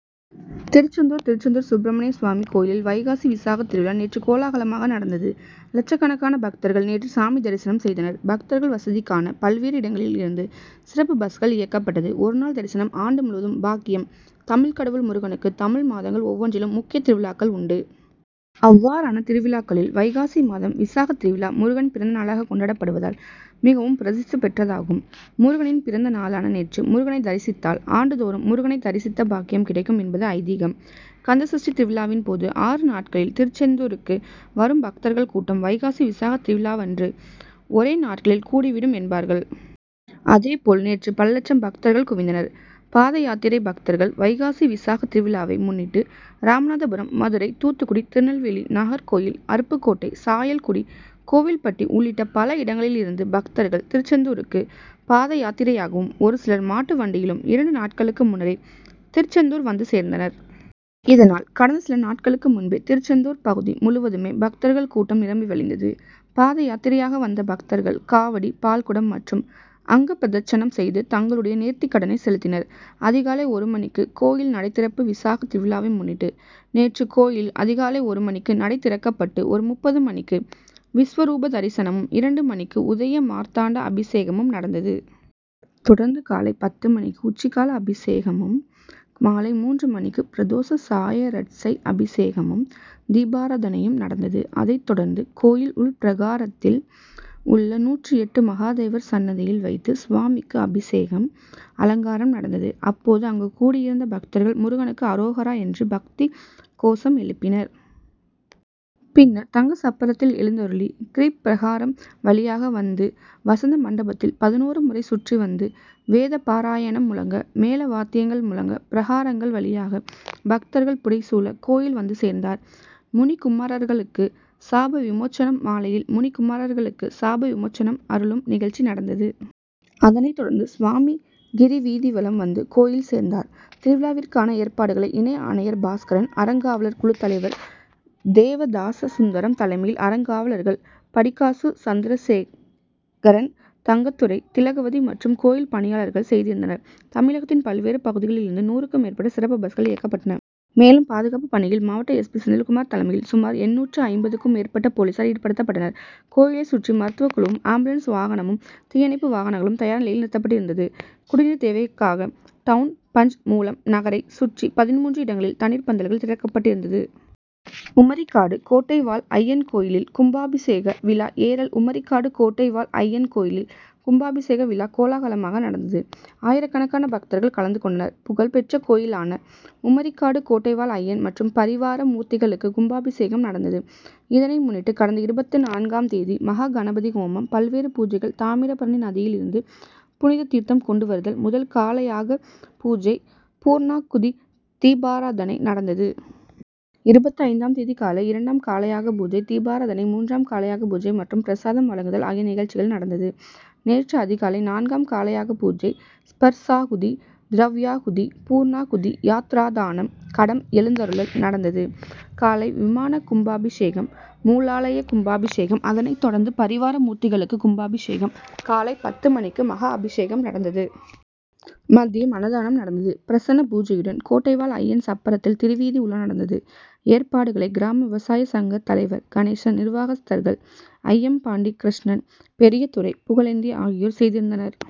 திருச்செந்தூர் திருச்செந்தூர் சுப்பிரமணியசுவாமி கோயிலில் வைகாசி விசாகத் திருவிழா நேற்று கோலாகலமாக நடந்தது. லட்சக்கணக்கான பக்தர்கள் நேற்று சாமி தரிசனம் செய்த னர். பக்தர்கள் வசதிக்கான பல்வேறு இடங்களில் இருந்து சிறப்பு பஸ்கள் இயக்கப்பட்டது. ஒரு நாள் தரிசனம் ஆண்டு முழுவதும் பாக்கியம் தமிழ்க்கடவுள் முருகனுக்கு தமிழ் மாதங்கள் ஒவ்வொன்றிலும் முக்கிய திருவிழாக்கள் உண்டு. அவ்வாறான திருவிழாக்களில் வைகாசி மாதம் விசாகத்திருவிழா முருகன் பிறந்தநாளாக கொண்டாடப்படுவதால் மிகவும் பிரசித்தி பெற்றதாகும். முருகனின் பிறந்த நாளான நேற்று முருகனை தரிசித் தால் ஆண்டுதோறும் முரு கனை தரிசித்த பாக்கியம் கிடைக்கும் என்பது ஐதீகம். கந்த சஷ்டி திருவிழாவின் போது ஆறு நாட்களில் திருச்செந்தூருக்கு வரும் பக்தர்கள் கூட்டம் வைகாசி விசாகத்திருவிழாவன்று ஒரே நாட்களில் கூடிவிடும் என்பார்கள். அதே போல் நேற்று பல லட்சம் பக்தர்கள் குவிந்தனர். பாதயாத்திரை பக்தர்கள் வைகாசி விசாக திருவிழாவை முன்னிட்டு ராமநாதபுரம், மதுரை, தூத்துக்குடி, திருநெல்வேலி, நாகர்கோவில், அருப்புக்கோட்டை, சாயல்குடி, கோவில்பட்டி உள்ளிட்ட பல இடங்களில் இருந்து பக்தர்கள் திருச்செந்தூருக்கு பாதயாத்திரையாகவும் ஒருசிலர் மாட்டுவண்டியிலும் இரண்டு நாட்களுக்கு முன்னரே திருச்செந்தூர் வந்து சேர்ந்தனர். இதனால் கடந்த சில நாட்களுக்கு முன்பே திருச்செந்தூர் பகுதி முழுவதுமே பக்தர்கள் கூட்டம் நிரம்பி வழிந்தது. பாத யாத்திரையாக வந்த பக்தர் கள் காவடி, பால்குடம் மற் றும் அங்கபிரதட்சணம் செய்து தங்களுடைய நேர்த் திகடனை செலுத்தினர். அதிகாலை ஒரு மணிக்கு கோயில் நடைதிறப்பு விசாக திருவிழாவை முன்னிட்டு நேற்று கோயிலில் அதிகாலை ஒரு மணிக்கு நடை திறக்கப்பட்டு ஒரு முப்பது மணிக்கு விஸ்வரூபதரிசனமும், இரண்டு மணிக்கு உதய மார்த்தாண்ட அபிஷேகமும் நடந்தது. தொடர்ந்து காலை பத்து மணிக்கு உச்சிகால அபிஷேகமும், மாலை மூன்று மணிக்கு பிரதோச சாயரட்சை அபிஷேகமும், தீபாராதனையும் நடந்தது. அதைத் தொடர்ந்து கோயில் உள்பிரகாரத்தில் உள்ள நூற்று எட்டு மகாதேவர் சன்னதியில் வைத்து சுவாமிக்கு அபிஷேகம், அலங்காரம் நடந்தது. அப்போது அங்கு கூடி யிருந்த பக்தர்கள் முருக னுக்கு அரோகரா என்று பக்தி கோஷம் எழுப்பினர். பின்னர் தங்கசப்பரத்தில் எழுந்தருளி கிரிப்பிரகாரம் வழியாக வந்து வசந்த மண்டபத்தில் பதினொரு முறை சுற்றி வந்து வேதபாராயணம் முழங்க, மேள வாத்தியங்கள் முழங்க பிரகாரங்கள் வழியாக பக்தர்கள் புடை சூழ கோயில் வந்து சேர்ந்தார். முனிகுமாரர்களுக்கு சாபவிமோச்சனம் மாலையில் முனிக்குமாரர்களுக்கு சாப விமோச்சனம் அருளும் நிகழ்ச்சி நடந்தது. அதனைத் தொடர்ந்து சுவாமி கிரிவீதி வலம் வந்து கோயில் சேர்ந்தார். திருவிழாவிற்கான ஏற்பாடுகளை இணை ஆணையர் பாஸ்கரன், அறங்காவலர் குழுத் தலைவர் தேவதாச சுந்தரம் தலைமையில் அறங்காவலர்கள், படிக்காசு, சந்திரசேகரன், தங்கத்துரை, திலகவதி மற்றும் கோயில் பணியாளர்கள் செய்திருந்தனர். தமிழகத்தின் பல்வேறு பகுதிகளிலிருந்து நூறுக்கு மேற்பட்ட சிறப்பு பஸ்கள் இயக்கப்பட்டன. மேலும் பாதுகாப்பு பணியில் மாவட்ட எஸ்பி.,செந்தில்குமார் தலைமையில் சுமார் எண்ணூற்று ஐம்பது க்கும் மேற்பட்ட போலீசார் ஈடுபடுத்தப்பட்டனர். கோயிலைச் சுற்றி மருத்துவக்குழுவும், ஆம்புலன்ஸ் வாகனமும், தீயணைப்பு வாகனங்களும் தயார் நிலையில் நிறுத்தப்பட்டிருந்தது. குடிநீர் தேவைக்காக டவுன் பஞ்.,மூலம் நகரைச் சுற்றி பதின்மூன்று இடங்களில் தண்ணீர் பந்தல்கள் திறக்கப்பட் டிருந்தது. உமரிக்காடு கோட்டை வாழ் ஐயன் கோயிலில் கும்பாபிஷேக விழா ஏரல் உமரிக்காடு கோட்டை வாழ் ஐயன் கோயிலில் கும்பாபிஷேக விழா கோலாகலமாக நடந்தது. ஆயிரக்கணக்கான பக்தர்கள் கலந்து கொண்டனர். புகழ் பெற்ற கோயிலானா உமரிக்காடு கோட்டைவாழ் ஐயன் மற்றும் பரிவார மூர்த்திகளுக்கு கும்பாபிஷேகம் நடந்தது. இதனை முன்னிட்டு கடந்த இருபத்து நான்காம் தேதி மகா கணபதி ஹோமம், பல்வேறு பூஜைகள் தாமிரபரணி நதியிலிருந்து புனித தீர்த்தம் கொண்டு வருதல், முதல் கால யாக பூஜை, பூர்ணாகுதி, தீபாராதனை, நடந்தது. இருபத்து ஐந்தாம் தேதி காலை இரண்டாம் காலயாகபூஜை, தீபாராதனை, மூன்றாம் காலயாக பூஜை மற்றும் பிரசாதம் வழங்குதல் ஆகிய நிகழ்ச்சிகள் நடந்தது. நேற்று அதிகாலை நான்காம் கால யாகபூஜை, ஸ்பர்சாகுதி, திரவ்யாகுதி, பூர்ணாகுதி, யாத்ராதானம், கடம் எழுந்தருளல் நடந்தது. காலை விமான கும்பாபிஷேகம், மூலாலய கும்பாபிஷேகம், அதனை தொடர்ந்து பரிவார மூர்த்திகளுக்கு கும்பாபிஷேகம் காலை பத்து மணிக்கு மகா அபிஷேகம் நடந்தது. மதியம் அன்னதானம் நடந்தது. பிரசன்ன பூஜையுடன் கோட்டைவாழ் ஐயன் சப்பரத்தில் திருவீதி உலா நடந்தது. ஏற்பாடுகளை கிராம விவசாய சங்க தலைவர் கணேசன் நிர்வாகஸ்தர்கள், அய்யம்பாண்டி, கிரஷ்ணன், பெரியதுரை, புகழேந்தி ஆகியோர் செய்திருந்தனர்.